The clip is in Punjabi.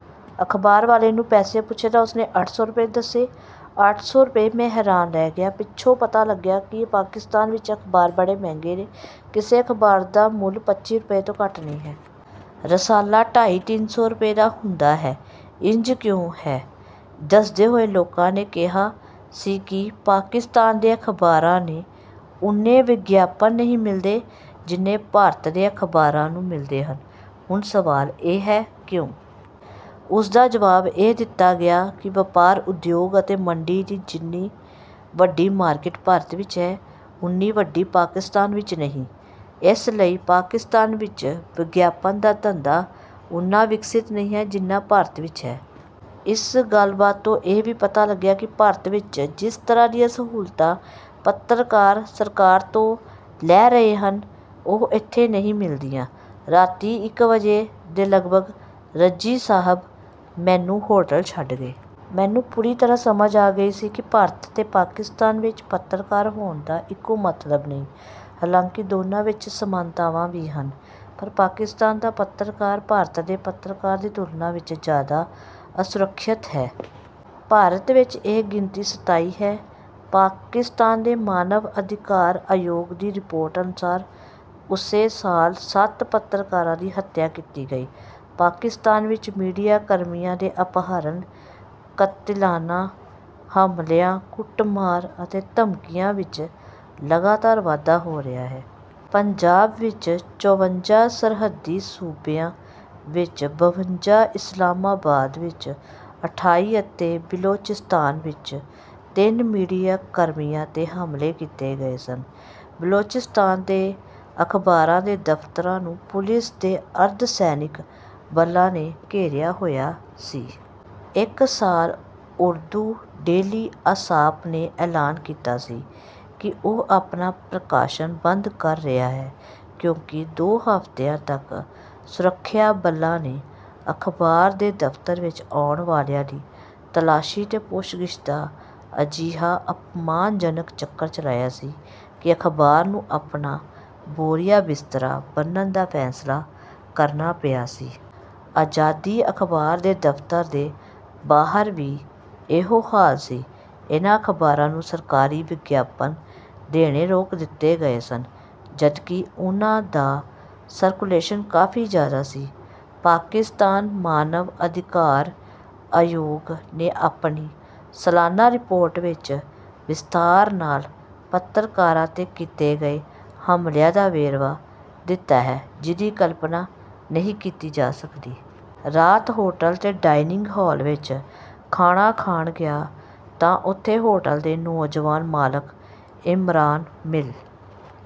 ਅਖ਼ਬਾਰ ਵਾਲੇ ਨੂੰ ਪੈਸੇ ਪੁੱਛੇ ਤਾਂ ਉਸਨੇ ਅੱਠ ਸੌ ਰੁਪਏ ਦੱਸੇ। "ਅੱਠ ਸੌ!" ਮੈਂ ਹੈਰਾਨ ਰਹਿ ਗਿਆ। ਪਿੱਛੋਂ ਪਤਾ ਲੱਗਿਆ ਕਿ ਪਾਕਿਸਤਾਨ ਵਿੱਚ ਅਖ਼ਬਾਰ ਬੜੇ ਮਹਿੰਗੇ ਨੇ। ਕਿਸੇ ਅਖ਼ਬਾਰ ਦਾ ਮੁੱਲ ਪੱਚੀ ਰੁਪਏ ਤੋਂ ਘੱਟ ਨਹੀਂ ਹੈ। ਰਸਾਲਾ ਢਾਈ-ਤਿੰਨ ਸੌ ਰੁਪਏ ਦਾ ਹੁੰਦਾ ਹੈ। ਇੰਜ ਕਿਉਂ ਹੈ, ਦੱਸਦੇ ਹੋਏ ਲੋਕਾਂ ਨੇ ਕਿਹਾ ਸੀ ਕਿ ਪਾਕਿਸਤਾਨ ਦੇ ਅਖ਼ਬਾਰਾਂ ਨੂੰ ਓਨੇ ਵਿਗਿਆਪਨ ਨਹੀਂ ਮਿਲਦੇ ਜਿੰਨੇ ਭਾਰਤ ਦੇ ਅਖ਼ਬਾਰਾਂ ਨੂੰ ਮਿਲਦੇ ਹਨ। ਹੁਣ ਸਵਾਲ ਇਹ ਹੈ, ਕਿਉਂ? ਉਸਦਾ ਜਵਾਬ ਇਹ ਦਿੱਤਾ ਗਿਆ ਕਿ ਵਪਾਰ, ਉਦਯੋਗ ਅਤੇ ਮੰਡੀ ਦੀ ਜਿੰਨੀ ਵੱਡੀ ਮਾਰਕੀਟ ਭਾਰਤ ਵਿੱਚ ਹੈ, ਓਨੀ ਵੱਡੀ ਪਾਕਿਸਤਾਨ ਵਿੱਚ ਨਹੀਂ। ਇਸ ਲਈ ਪਾਕਿਸਤਾਨ ਵਿੱਚ ਵਿਗਿਆਪਨ ਦਾ ਧੰਦਾ ਓਨਾ ਵਿਕਸਤ ਨਹੀਂ ਹੈ, ਜਿੰਨਾ ਭਾਰਤ ਵਿੱਚ ਹੈ। ਇਸ ਗੱਲਬਾਤ ਤੋਂ ਇਹ ਵੀ ਪਤਾ ਲੱਗਿਆ ਕਿ ਭਾਰਤ ਵਿੱਚ ਜਿਸ ਤਰ੍ਹਾਂ ਦੀਆਂ ਸਹੂਲਤਾਂ ਪੱਤਰਕਾਰ ਸਰਕਾਰ ਤੋਂ ਲੈ ਰਹੇ ਨੇ, ਉਹ ਇੱਥੇ ਨਹੀਂ ਮਿਲਦੀਆਂ। ਰਾਤੀ ਇਕ ਵਜੇ ਦੇ ਲਗਭਗ ਰਜ਼ੀ ਸਾਹਬ ਮੈਨੂੰ ਹੋਟਲ ਛੱਡ ਗਏ। ਮੈਨੂੰ ਪੂਰੀ ਤਰ੍ਹਾਂ ਸਮਝ ਆ ਗਈ ਸੀ ਕਿ ਭਾਰਤ ਤੇ ਪਾਕਿਸਤਾਨ ਵਿੱਚ ਪੱਤਰਕਾਰ ਹੋਣ ਦਾ ਇਕੋ ਮਤਲਬ ਨਹੀਂ। ਹਾਲਾਂਕਿ ਦੋਵਾਂ ਵਿੱਚ ਸਮਾਨਤਾਵਾਂ ਵੀ ਹਨ, ਪਰ ਪਾਕਿਸਤਾਨ ਦਾ ਪੱਤਰਕਾਰ ਭਾਰਤ ਦੇ ਪੱਤਰਕਾਰ ਦੀ ਤੁਲਨਾ ਵਿੱਚ ਜ਼ਿਆਦਾ ਅਸੁਰੱਖਿਅਤ ਹੈ। ਭਾਰਤ ਵਿੱਚ ਇਹ ਗਿਣਤੀ ਸਤਾਈ ਹੈ। ਪਾਕਿਸਤਾਨ ਦੇ ਮਾਨਵ ਅਧਿਕਾਰ ਆਯੋਗ ਦੀ ਰਿਪੋਰਟ ਅਨੁਸਾਰ ਉਸੇ ਸਾਲ ਸੱਤ ਪੱਤਰਕਾਰਾਂ ਦੀ ਹੱਤਿਆ ਕੀਤੀ ਗਈ। ਪਾਕਿਸਤਾਨ ਵਿੱਚ ਮੀਡੀਆ ਕਰਮੀਆਂ ਦੇ ਅਪਹਰਣ, ਕਾਤਿਲਾਨਾ ਹਮਲਿਆਂ, ਕੁੱਟਮਾਰ ਅਤੇ ਧਮਕੀਆਂ ਵਿੱਚ ਲਗਾਤਾਰ ਵਾਧਾ ਹੋ ਰਿਹਾ ਹੈ। ਪੰਜਾਬ ਵਿੱਚ ਚੌਂਵੰਜਾ, ਸਰਹੱਦੀ ਸੂਬਿਆਂ ਵਿੱਚ ਬਵੰਜਾ, ਇਸਲਾਮਾਬਾਦ ਵਿੱਚ ਅਠਾਈ ਅਤੇ ਬਿਲੋਚਿਸਤਾਨ ਵਿੱਚ ਤਿੰਨ ਮੀਡੀਆ ਕਰਮੀਆਂ 'ਤੇ ਹਮਲੇ ਕੀਤੇ ਗਏ ਸਨ। ਬਿਲੋਚਿਸਤਾਨ ਦੇ ਅਖ਼ਬਾਰਾਂ ਦੇ ਦਫ਼ਤਰਾਂ ਨੂੰ ਪੁਲਿਸ ਤੇ ਅਰਧ-ਸੈਨਿਕ ਬਲਾਂ ਨੇ ਘੇਰਿਆ ਹੋਇਆ ਸੀ। ਇੱਕ ਸਾਲ ਉਰਦੂ ਡੇਲੀ 'ਆਸਾਪ' ਨੇ ਐਲਾਨ ਕੀਤਾ ਸੀ ਕਿ ਉਹ ਆਪਣਾ ਪ੍ਰਕਾਸ਼ਨ ਬੰਦ ਕਰ ਰਿਹਾ ਹੈ, ਕਿਉਂਕਿ ਦੋ ਹਫ਼ਤਿਆਂ ਤੱਕ ਸੁਰੱਖਿਆ ਬਲਾਂ ਨੇ ਅਖ਼ਬਾਰ ਦੇ ਦਫ਼ਤਰ ਵਿੱਚ ਆਉਣ ਵਾਲਿਆਂ ਦੀ ਤਲਾਸ਼ੀ ਤੇ ਪੁੱਛਗਿੱਛ ਦਾ ਅਜਿਹਾ ਅਪਮਾਨਜਨਕ ਚੱਕਰ ਚਲਾਇਆ ਸੀ ਕਿ ਅਖ਼ਬਾਰ ਨੂੰ ਆਪਣਾ ਬੋਰੀਆ-ਬਿਸਤਰਾ ਬੰਨ੍ਹਣ ਦਾ ਫ਼ੈਸਲਾ ਕਰਨਾ ਪਿਆ ਸੀ। 'ਆਜ਼ਾਦੀ' ਅਖ਼ਬਾਰ ਦੇ ਦਫ਼ਤਰ ਦੇ ਬਾਹਰ ਵੀ ਇਹੋ ਹਾਲ ਸੀ। ਇਹਨਾਂ ਅਖ਼ਬਾਰਾਂ ਨੂੰ ਸਰਕਾਰੀ ਵਿਗਿਆਪਨ ਦੇਣੇ ਰੋਕ ਦਿੱਤੇ ਗਏ ਸਨ, ਜਦਕਿ ਉਹਨਾਂ ਦਾ ਸਰਕੁਲੇਸ਼ਨ ਕਾਫ਼ੀ ਜ਼ਿਆਦਾ ਸੀ। ਪਾਕਿਸਤਾਨ ਮਾਨਵ ਅਧਿਕਾਰ ਆਯੋਗ ਨੇ ਆਪਣੀ ਸਾਲਾਨਾ ਰਿਪੋਰਟ ਵਿੱਚ ਵਿਸਥਾਰ ਨਾਲ ਪੱਤਰਕਾਰਾਂ 'ਤੇ ਕੀਤੇ ਗਏ ਹਮਲਿਆਂ ਦਾ ਵੇਰਵਾ ਦਿੱਤਾ ਹੈ, ਜਿਹਦੀ ਕਲਪਨਾ ਨਹੀਂ ਕੀਤੀ ਜਾ ਸਕਦੀ। ਰਾਤ ਹੋਟਲ ਦੇ ਡਾਇਨਿੰਗ ਹਾਲ ਵਿੱਚ ਖਾਣਾ ਖਾਣ ਗਿਆ ਤਾਂ ਉੱਥੇ ਹੋਟਲ ਦੇ ਨੌਜਵਾਨ ਮਾਲਕ ਇਮਰਾਨ ਮਿਲ...